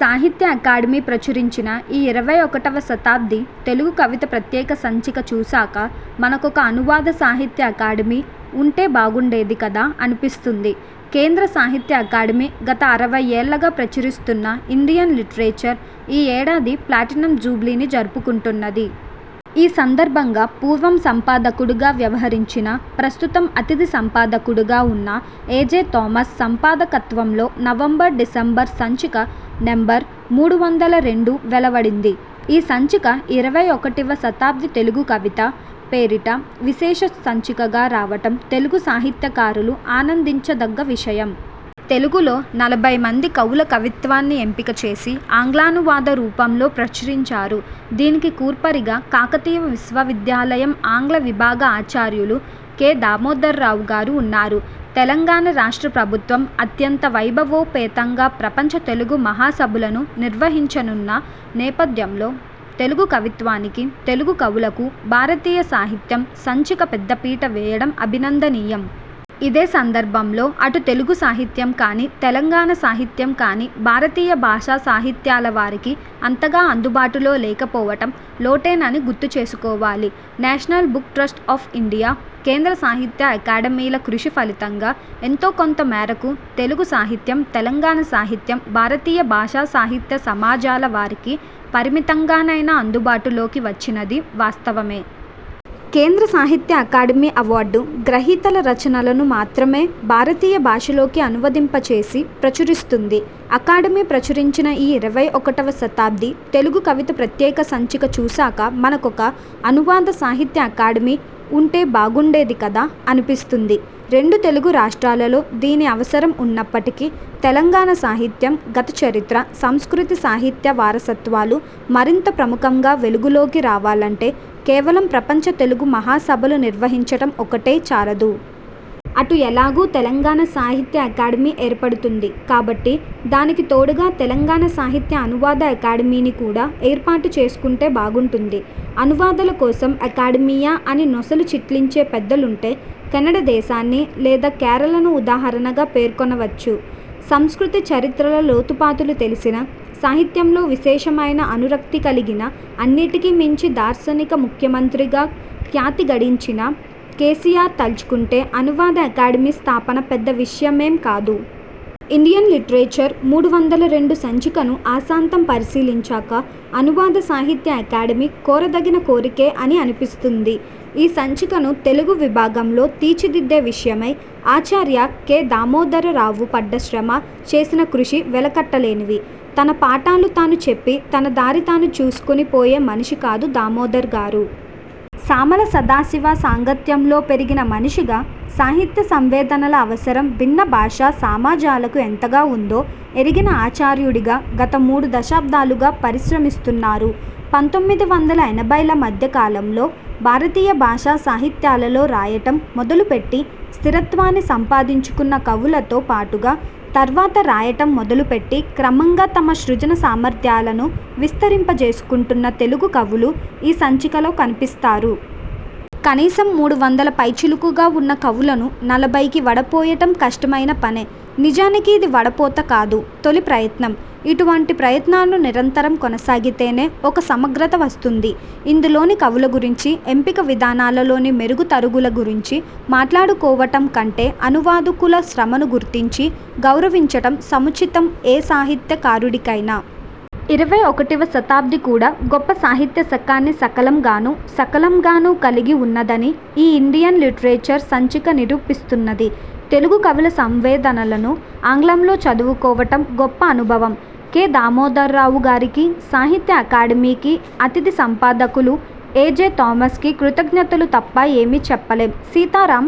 సాహిత్య అకాడమీ ప్రచురించిన ఈ ఇరవై ఒకటవ శతాబ్ది తెలుగు కవిత ప్రత్యేక సంచిక చూశాక మనకొక 'అనువాద సాహిత్య అకాడమీ' ఉంటే, బాగుండేది కదా! అనిపిస్తుంది. కేంద్ర సాహిత్య అకాడమీ గత అరవైఏళ్ళుగా ప్రచురిస్తున్న 'ఇండియన్ లిటరేచర్' ఈ ఏడాది ప్లాటినం జూబ్లీని జరుపుకుంటున్నది. ఈ సందర్భంగా పూర్వం సంపాదకుడిగా వ్యవహరించిన, ప్రస్తుతం అతిథి సంపా దకుడిగా ఉన్న ఎ. జె. థామస్ సంపాదకత్వంలో నవంబర్ డిసెంబర్ సంచిక నెం.మూడు వందల రెండు వెలువడింది. ఈ సంచిక 'ఇరవై ఒకటివ శతాబ్ది తెలుగు కవిత' పేరిట విశేష సంచికగా రావటం తెలుగు సాహిత్యకారులు ఆనందించదగ్గ విషయం. తెలుగులో నలభైమంది కవుల కవిత్వాన్ని ఎంపికచేసి ఆంగ్లానువాద రూపంలో ప్రచురించారు. దీనికి కూర్పరిగా కాకతీయ విశ్వవిద్యాలయం ఆంగ్ల విభాగ ఆచార్యులు కె. దామోదర్రావుగారు ఉన్నారు. తెలంగాణ రాష్ట్ర ప్రభుత్వం అత్యంత వైభవోపేతంగా ప్రపంచ తెలుగు మహాసభలను నిర్వహించనున్న నేపథ్యంలో తెలుగు కవిత్వానికి, తెలుగు కవులకు 'భారతీయ సాహిత్యం' సంచిక పెద్దపీట వేయడం అభినందనీయం. ఇదే సందర్భంలో అటు తెలుగు సాహిత్యం కానీ, తెలంగాణ సాహిత్యం కానీ భారతీయ భాషా సాహిత్యాల వారికి అంతగా అందుబాటులో లేకపోవటం లోటేనని గుర్తుచేసుకోవాలి. National Book Trust of India, కేంద్ర సాహిత్య అకాడమీల కృషి ఫలితంగా ఎంతోకొంత మేరకు తెలుగు సాహిత్యం, తెలంగాణ సాహిత్యం భారతీయ భాషా సాహిత్య సమాజాల వారికి పరిమితంగానైనా అందుబాటులోకి వచ్చినదీ వాస్తవమే. కేంద్ర సాహిత్య అకాడమీ అవార్డు గ్రహీతల రచనలను మాత్రమే భారతీయ భాషలలోకి అనువదింపచేసి ప్రచురిస్తుంది. అకాడమీ ప్రచురించిన ఈ ఇరవై ఒకటవ శతాబ్ది తెలుగు కవిత ప్రత్యేక సంచిక చూశాక మనకొక 'అనువాద సాహిత్య అకాడమీ' ఉంటే, బాగుండేది కదా! అనిపిస్తుంది. రెండు తెలుగు రాష్ట్రాలలో దీని అవసరం ఉన్నప్పటికీ తెలంగాణ సాహిత్యం, గతచరిత్ర, సంస్కృతి సాహిత్య వారసత్వాలు మరింత ప్రముఖంగా వెలుగులోకి రావాలంటే కేవలం ప్రపంచ తెలుగు మహాసభలు నిర్వహించడం ఒక్కటే చాలదు. అటు ఎలాగూ తెలంగాణ సాహిత్య అకాడమీ ఏర్పడుతుంది కాబట్టి దానికి తోడుగా తెలంగాణ సాహిత్య అనువాద అకాడమీని కూడా ఏర్పాటు చేసుకుంటే బాగుంటుంది. అనువాదాల కోసం అకాడమీయా అని నొసలు చిట్లించే పెద్దలుంటే కన్నడ దేశాన్ని, లేదా కేరళను ఉదాహరణగా పేర్కొనవచ్చు. సంస్కృతి చరిత్రల లోతుపాతులు తెలిసిన, సాహిత్యంలో విశేషమైన అనురక్తికలి గిన, అన్నిటికీ మించి దార్శనిక ముఖ్యమంత్రిగా ఖ్యాతిగడించిన కేసీఆర్ తలచుకుంటే అనువాద అకాడమీ స్థాపన పెద్ద విషయమేం కాదు. ఇండియన్ లిటరేచర్ మూడు వందల రెండు సంచికను ఆసాంతం పరిశీలించాక అనువాద సాహిత్య అకాడమీ కోరదగిన కోరికే అని అనిపిస్తుంది. ఈ సంచికను తెలుగు విభాగంలో తీర్చిదిద్దే విషయమై ఆచార్య కె. దామోదరరావు పడ్డ శ్రమ, చేసిన కృషి వెలకట్టలేనివి. తన పాఠాలు తాను చెప్పి తన దారి తాను చూసికుని పోయే మనిషి కాదు దామోదర్ గారు. సామల సదాశివ సాంగత్యంలో పెరిగిన మనిషిగా సాహిత్య సంవేదనల అవసరం భిన్న భాషా సమాజాలకు ఎంతగావుందో ఎరిగిన ఆచార్యుడిగా గత మూడు దశాబ్దాలుగా పరిశ్రమిస్తున్నారు. పంతొమ్మిది వందల ఎనభైల మధ్య కాలంలో భారతీయ భాషా సాహిత్యాలలో రాయటం మొదలుపెట్టి స్థిరత్వాన్ని సంపాదించుకున్న కవులతో పాటుగా, తర్వాత రాయటం మొదలుపెట్టి క్రమంగా తమ సృజన సామర్థ్యాలను విస్తరింపజేసుకుంటున్న తెలుగు కవులు ఈ సంచికలో కనిపిస్తారు. కనీసం మూడు వందల పైచిలుకుగా ఉన్న కవులను నలభైకి వడపోయటం కష్టమైన పనే. నిజానికి ఇది వడపోత కాదు. తొలి ప్రయత్నం. ఇటువంటి ప్రయత్నాలు నిరంతరం కొనసాగితేనే ఒక సమగ్రత వస్తుంది. ఇందులోని కవుల గురించి, ఎంపిక విధానాలలోని మెరుగు తరుగుల గురించి మాట్లాడుకోవటం కంటే అనువాదకుల శ్రమను గుర్తించి గౌరవించడం సముచితం ఏ సాహిత్య కారుడికైనా. ఇరవై ఒకటివ శతాబ్ది కూడా గొప్ప సాహిత్య శకాన్ని శకలంగాను, సకలంగాను కలిగి ఉన్నదని ఈ ఇండియన్ లిటరేచర్ సంచిక నిరూపిస్తున్నది. తెలుగు కవుల సంవేదనలను ఆంగ్లంలో చదువుకోవటం గొప్ప అనుభవం. కె. దామోదర్రావు గారికి, సాహిత్య అకాడమీకి, అతిథి సంపాదకులు ఎ. జె. థామ్సకి కృతజ్ఞతలు తప్ప ఏమీ చెప్పలేం. సీతారాం